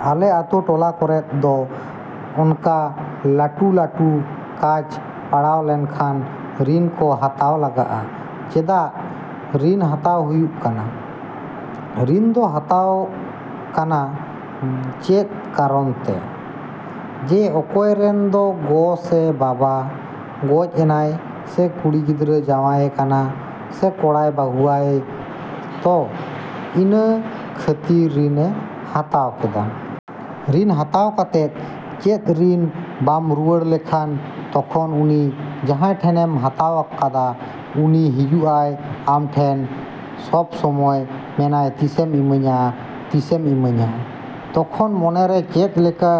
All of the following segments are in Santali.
ᱟᱞᱮ ᱟᱛᱳ ᱴᱚᱞᱟ ᱠᱚᱨᱮᱫ ᱫᱚ ᱚᱱᱠᱟ ᱞᱟᱴᱩ ᱞᱟᱴᱩ ᱠᱟᱡᱽ ᱯᱟᱲᱟᱣ ᱞᱮᱱᱠᱷᱟᱱ ᱨᱤᱱ ᱠᱚ ᱦᱟᱛᱟᱣ ᱞᱟᱜᱟᱜᱼᱟ᱾ ᱪᱮᱫᱟᱜ ᱨᱤᱱ ᱦᱟᱛᱟᱣ ᱦᱩᱭᱩᱜ ᱠᱟᱱᱟ? ᱨᱤᱱ ᱫᱚ ᱦᱟᱛᱟᱣ ᱠᱟᱱᱟ ᱪᱮᱫ ᱠᱟᱨᱚᱱ ᱛᱮ? ᱡᱮ ᱚᱠᱚᱭ ᱨᱮᱱ ᱫᱚ ᱜᱚ ᱥᱮ ᱵᱟᱵᱟ ᱜᱚᱡ ᱮᱱᱟᱭ ᱥᱮ ᱠᱩᱲᱤ ᱜᱤᱫᱽᱨᱟᱹ ᱡᱟᱶᱟᱭᱮ ᱠᱟᱱᱟ ᱥᱮ ᱠᱚᱲᱟᱭ ᱵᱟᱦᱩᱣᱟᱭ ᱛᱚ ᱤᱱᱟᱹ ᱠᱷᱟᱹᱛᱤᱨ ᱨᱤᱱᱮ ᱦᱟᱛᱟᱣ ᱠᱮᱫᱟ᱾ ᱨᱤᱱ ᱦᱟᱛᱟᱣ ᱠᱟᱛᱮᱫ ᱪᱮᱫ ᱨᱤᱱ ᱵᱟᱢ ᱨᱩᱣᱟᱹᱲ ᱞᱮᱠᱷᱟᱱ ᱛᱚᱠᱷᱚᱱ ᱩᱱᱤ ᱡᱟᱦᱟᱭ ᱴᱷᱮᱱᱮᱢ ᱦᱟᱛᱟᱣ ᱠᱟᱫᱟ ᱩᱱᱤ ᱦᱤᱡᱩᱜᱼᱟᱭ ᱟᱢᱴᱷᱮᱱ ᱥᱚᱵᱥᱚᱢᱚᱭ ᱢᱮᱱᱟᱭ ᱛᱤᱥᱮᱢ ᱤᱢᱟᱹᱧᱟ ᱛᱤᱥᱮᱢ ᱤᱢᱟᱹᱧᱟ? ᱛᱚᱠᱷᱚᱱ ᱢᱚᱱᱮᱨᱮ ᱪᱮᱫ ᱞᱮᱠᱟ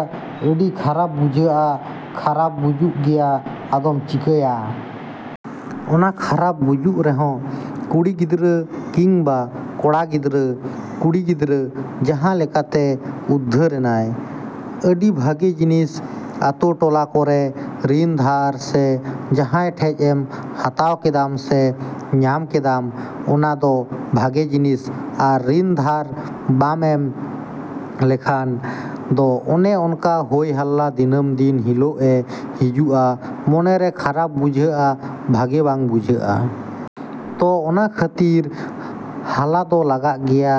ᱟᱹᱰᱤ ᱠᱷᱟᱨᱟᱯ ᱵᱩᱡᱷᱟᱹᱜᱼᱟ ᱠᱷᱟᱨᱟᱯ ᱵᱩᱡᱩᱜ ᱜᱮᱭᱟ ᱟᱫᱚᱢ ᱪᱤᱠᱟᱹᱭᱟ᱾ ᱚᱱᱟ ᱠᱷᱟᱨᱟᱯ ᱵᱩᱡᱩᱜ ᱨᱮᱦᱚᱸ ᱠᱩᱲᱤ ᱜᱤᱫᱽᱨᱟᱹ ᱠᱤᱝᱵᱟ ᱠᱚᱲᱟ ᱜᱤᱫᱽᱨᱟᱹ ᱠᱩᱲᱤ ᱜᱤᱫᱽᱨᱟᱹ ᱡᱟᱦᱟᱸ ᱞᱮᱠᱟᱛᱮ ᱩᱫᱫᱟᱨ ᱮᱱᱟᱭ ᱾ ᱟᱹᱰᱤ ᱵᱷᱟᱜᱮ ᱡᱤᱱᱤᱥ ᱟᱛᱳ ᱴᱚᱞᱟ ᱠᱚᱨᱮ ᱨᱤᱱ ᱫᱷᱟᱨ ᱥᱮ ᱡᱟᱦᱟᱭ ᱴᱷᱮᱡ ᱮᱢ ᱦᱟᱛᱟᱣ ᱠᱮᱫᱟᱢ ᱥᱮ ᱧᱟᱢ ᱠᱮᱫᱟᱢ ᱚᱱᱟ ᱫᱚ ᱵᱷᱟᱜᱮ ᱡᱤᱱᱤᱥ ᱟᱨ ᱨᱤᱱ ᱫᱷᱟᱨ ᱵᱟᱢ ᱮᱢ ᱞᱮᱠᱷᱟᱱ ᱫᱚ ᱚᱱᱮ ᱚᱱᱠᱟ ᱦᱳᱭ ᱦᱟᱞᱞᱟ ᱫᱤᱱᱟᱹᱢ ᱫᱤᱱ ᱦᱤᱞᱳᱜ ᱮ ᱦᱤᱡᱩᱜᱼᱟ ᱢᱚᱱᱮ ᱨᱮ ᱠᱷᱟᱨᱟᱯ ᱵᱩᱡᱟᱹᱜᱼᱟ ᱵᱷᱟᱜᱮ ᱵᱟᱝ ᱵᱩᱡᱟᱹᱜᱼᱟ᱾ ᱛᱚ ᱚᱱᱟ ᱠᱷᱟᱹᱛᱤᱨ ᱦᱟᱞᱟ ᱫᱚ ᱞᱟᱜᱟᱜ ᱜᱮᱭᱟ᱾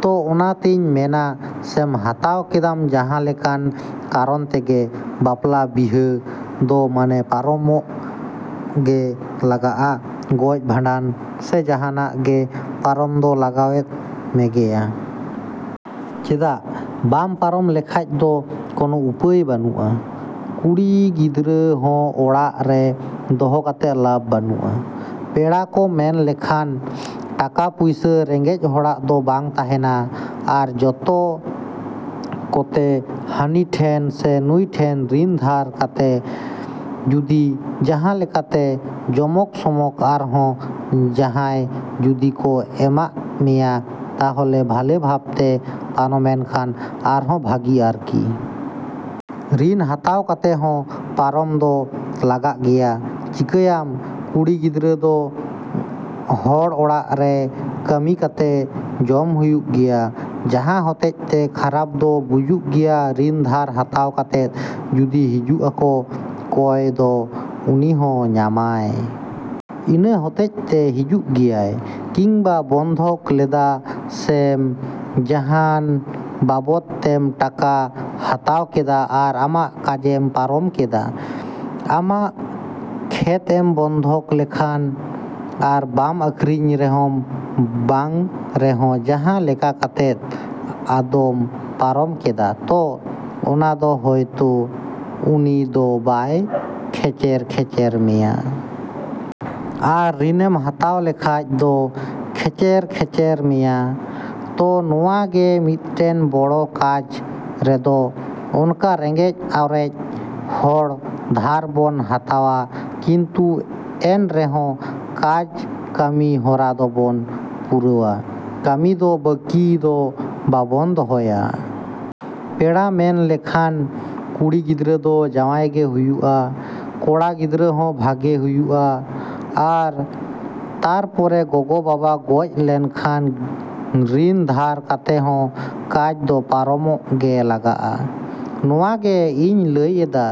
ᱛᱚ ᱚᱱᱟ ᱛᱮᱧ ᱢᱮᱱᱟ ᱥᱮᱢ ᱦᱟᱛᱟᱣ ᱠᱮᱫᱟᱢ ᱡᱟᱦᱟ ᱞᱮᱠᱟᱱ ᱠᱟᱨᱚᱱ ᱛᱮᱜᱮ ᱵᱟᱯᱞᱟ ᱵᱤᱦᱟᱹ ᱫᱚ ᱢᱟᱱᱮ ᱯᱟᱨᱚᱢ ᱜᱮ ᱞᱟᱜᱟᱜᱼᱟ᱾ ᱜᱚᱡ ᱵᱷᱟᱸᱰᱟᱱ ᱥᱮ ᱡᱟᱦᱟᱱᱟᱜ ᱜᱮ ᱯᱟᱨᱚᱢ ᱫᱚ ᱞᱟᱜᱟᱣᱮᱫ ᱢᱮᱜᱮᱭᱟ᱾ ᱪᱮᱫᱟᱜ ᱵᱟᱢ ᱯᱟᱨᱚᱢ ᱞᱮᱠᱷᱟᱡ ᱫᱚ ᱠᱚᱱᱚ ᱩᱯᱟᱹᱭ ᱵᱟᱱᱩᱜᱼᱟ᱾ ᱠᱩᱲᱤ ᱜᱤᱫᱽᱨᱟᱹ ᱦᱚᱸ ᱚᱲᱟᱜ ᱨᱮ ᱫᱚᱦᱚ ᱠᱟᱛᱮ ᱞᱟᱵ ᱵᱟᱹᱱᱩᱜᱼᱟ᱾ ᱯᱮᱲᱟ ᱠᱚ ᱢᱮᱱ ᱞᱮᱠᱷᱟᱱ ᱴᱟᱠᱟ ᱯᱩᱭᱥᱟᱹ ᱨᱮᱸᱜᱮᱡ ᱦᱚᱲᱟᱜ ᱫᱚ ᱵᱟᱝ ᱛᱟᱦᱮᱱᱟ᱾ ᱟᱨ ᱡᱚᱛᱚ ᱠᱚᱛᱮ ᱦᱟᱹᱱᱤ ᱴᱷᱮᱱ ᱥᱮ ᱱᱩᱭ ᱴᱷᱮᱱ ᱨᱤᱱ ᱫᱷᱟᱨ ᱠᱟᱛᱮ ᱡᱩᱫᱤ ᱡᱟᱦᱟᱞᱮᱠᱟ ᱛᱮ ᱡᱚᱢᱚᱠ ᱥᱚᱢᱚᱠ ᱟᱨᱦᱚ ᱡᱟᱦᱟᱭ ᱡᱩᱫᱤ ᱠᱚ ᱮᱢᱟᱜ ᱢᱮᱭᱟ ᱛᱟᱦᱞᱮ ᱵᱷᱟᱞᱮ ᱵᱷᱟᱵᱛᱮ ᱯᱟᱨᱚᱢᱮᱱ ᱠᱷᱟᱱ ᱟᱨᱦᱚ ᱵᱷᱟᱜᱤ ᱟᱨᱠᱤ᱾ ᱨᱤᱱ ᱦᱟᱛᱟᱣ ᱠᱟᱛᱮ ᱦᱚᱸ ᱯᱟᱨᱚᱢ ᱫᱚ ᱞᱟᱜᱟᱜ ᱜᱮᱭᱟ᱾ ᱪᱤᱠᱟᱹᱭᱟᱢ ᱠᱩᱲᱤ ᱜᱤᱫᱽᱨᱟᱹ ᱫᱚ ᱦᱚᱲ ᱚᱲᱟᱜ ᱨᱮ ᱠᱟᱹᱢᱤ ᱠᱟᱛᱮ ᱡᱚᱢ ᱦᱩᱭᱩᱜ ᱜᱮᱭᱟ᱾ ᱡᱟᱦᱟᱸ ᱦᱚᱛᱮᱡ ᱛᱮ ᱠᱷᱟᱨᱟᱯ ᱫᱚ ᱵᱩᱡᱩᱜ ᱜᱮᱭᱟ᱾ ᱨᱤᱱ ᱫᱷᱟᱨ ᱦᱟᱛᱟᱣ ᱠᱟᱛᱮᱫ ᱡᱩᱫᱤ ᱦᱤᱡᱩᱜ ᱟᱠᱚ ᱠᱚᱭ ᱫᱚ ᱩᱱᱤᱦᱚᱸ ᱧᱟᱢᱟᱭ᱾ ᱤᱱᱟᱹ ᱦᱚᱛᱮᱡ ᱛᱮ ᱦᱤᱡᱩᱜ ᱜᱮᱭᱟᱭ᱾ ᱠᱤᱝᱵᱟ ᱵᱚᱱᱫᱷᱚᱠ ᱞᱮᱫᱟ ᱥᱮᱢ ᱡᱟᱦᱟᱱ ᱵᱟᱵᱚᱛ ᱛᱮᱢ ᱴᱟᱠᱟ ᱦᱟᱛᱟᱣ ᱠᱮᱫᱟ ᱟᱨ ᱟᱢᱟᱜ ᱠᱟᱡᱮᱢ ᱯᱟᱨᱚᱢ ᱠᱮᱫᱟ᱾ ᱟᱢᱟᱜ ᱠᱷᱮᱛ ᱮᱢ ᱵᱚᱱᱫᱷᱚᱠ ᱞᱮᱠᱷᱟᱱ ᱟᱨ ᱵᱟᱢ ᱟᱹᱠᱷᱨᱤᱧ ᱨᱮᱦᱚᱢ ᱵᱟᱝ ᱨᱮᱦᱚᱸ ᱡᱟᱦᱟᱸ ᱞᱮᱠᱟ ᱠᱟᱛᱮᱫ ᱟᱫᱚᱢ ᱯᱟᱨᱚᱢ ᱠᱮᱫᱟ ᱛᱚ ᱚᱱᱟ ᱫᱚ ᱦᱳᱭᱛᱚ ᱩᱱᱤ ᱫᱚ ᱵᱟᱭ ᱠᱷᱮᱪᱮᱨ ᱠᱷᱮᱪᱮᱨ ᱢᱮᱭᱟ᱾ ᱟᱨ ᱨᱤᱱᱮᱢ ᱦᱟᱛᱟᱣ ᱞᱮᱠᱷᱟᱡ ᱫᱚ ᱠᱷᱮᱪᱮᱨ ᱠᱷᱮᱪᱮᱨ ᱢᱮᱭᱟ᱾ ᱛᱚ ᱱᱚᱣᱟ ᱜᱮ ᱢᱤᱫᱴᱮᱱ ᱵᱚᱲᱚ ᱠᱟᱡᱽ ᱨᱮᱫᱚ ᱚᱱᱠᱟ ᱨᱮᱸᱜᱮᱡ ᱚᱨᱮᱡ ᱦᱚᱲ ᱫᱷᱟᱨ ᱵᱚᱱ ᱦᱟᱛᱟᱣᱟ ᱠᱤᱱᱛᱩ ᱮᱱ ᱨᱮᱦᱚᱸ ᱠᱟᱡᱽ ᱠᱟᱹᱢᱤ ᱦᱚᱨᱟ ᱫᱚᱵᱚᱱ ᱯᱩᱨᱟᱹᱣᱟ᱾ ᱠᱟᱹᱢᱤ ᱫᱚ ᱵᱟᱹᱠᱤ ᱫᱚ ᱵᱟᱵᱚᱱ ᱫᱚᱦᱚᱭᱟ᱾ ᱯᱮᱲᱟ ᱢᱮᱱ ᱞᱮᱠᱷᱟᱱ ᱠᱩᱲᱤ ᱜᱤᱫᱽᱨᱟᱹ ᱫᱚ ᱡᱟᱶᱟᱭ ᱜᱮ ᱦᱩᱭᱩᱜᱼᱟ ᱠᱚᱲᱟ ᱜᱤᱫᱽᱨᱟᱹ ᱦᱚᱸ ᱵᱷᱟᱜᱮ ᱦᱩᱭᱩᱜᱼᱟ᱾ ᱟᱨ ᱛᱟᱨ ᱯᱚᱨᱮ ᱜᱚᱜᱚ ᱵᱟᱵᱟ ᱜᱚᱡ ᱞᱮᱱᱠᱷᱟᱱ ᱨᱤᱱ ᱫᱷᱟᱨ ᱠᱟᱛᱮ ᱦᱚᱸ ᱠᱟᱡᱽ ᱫᱚ ᱯᱟᱨᱚᱢ ᱜᱮ ᱞᱟᱜᱟᱜᱼᱟ᱾ ᱱᱚᱣᱟ ᱜᱮ ᱤᱧ ᱞᱟᱹᱭ ᱮᱫᱟ᱾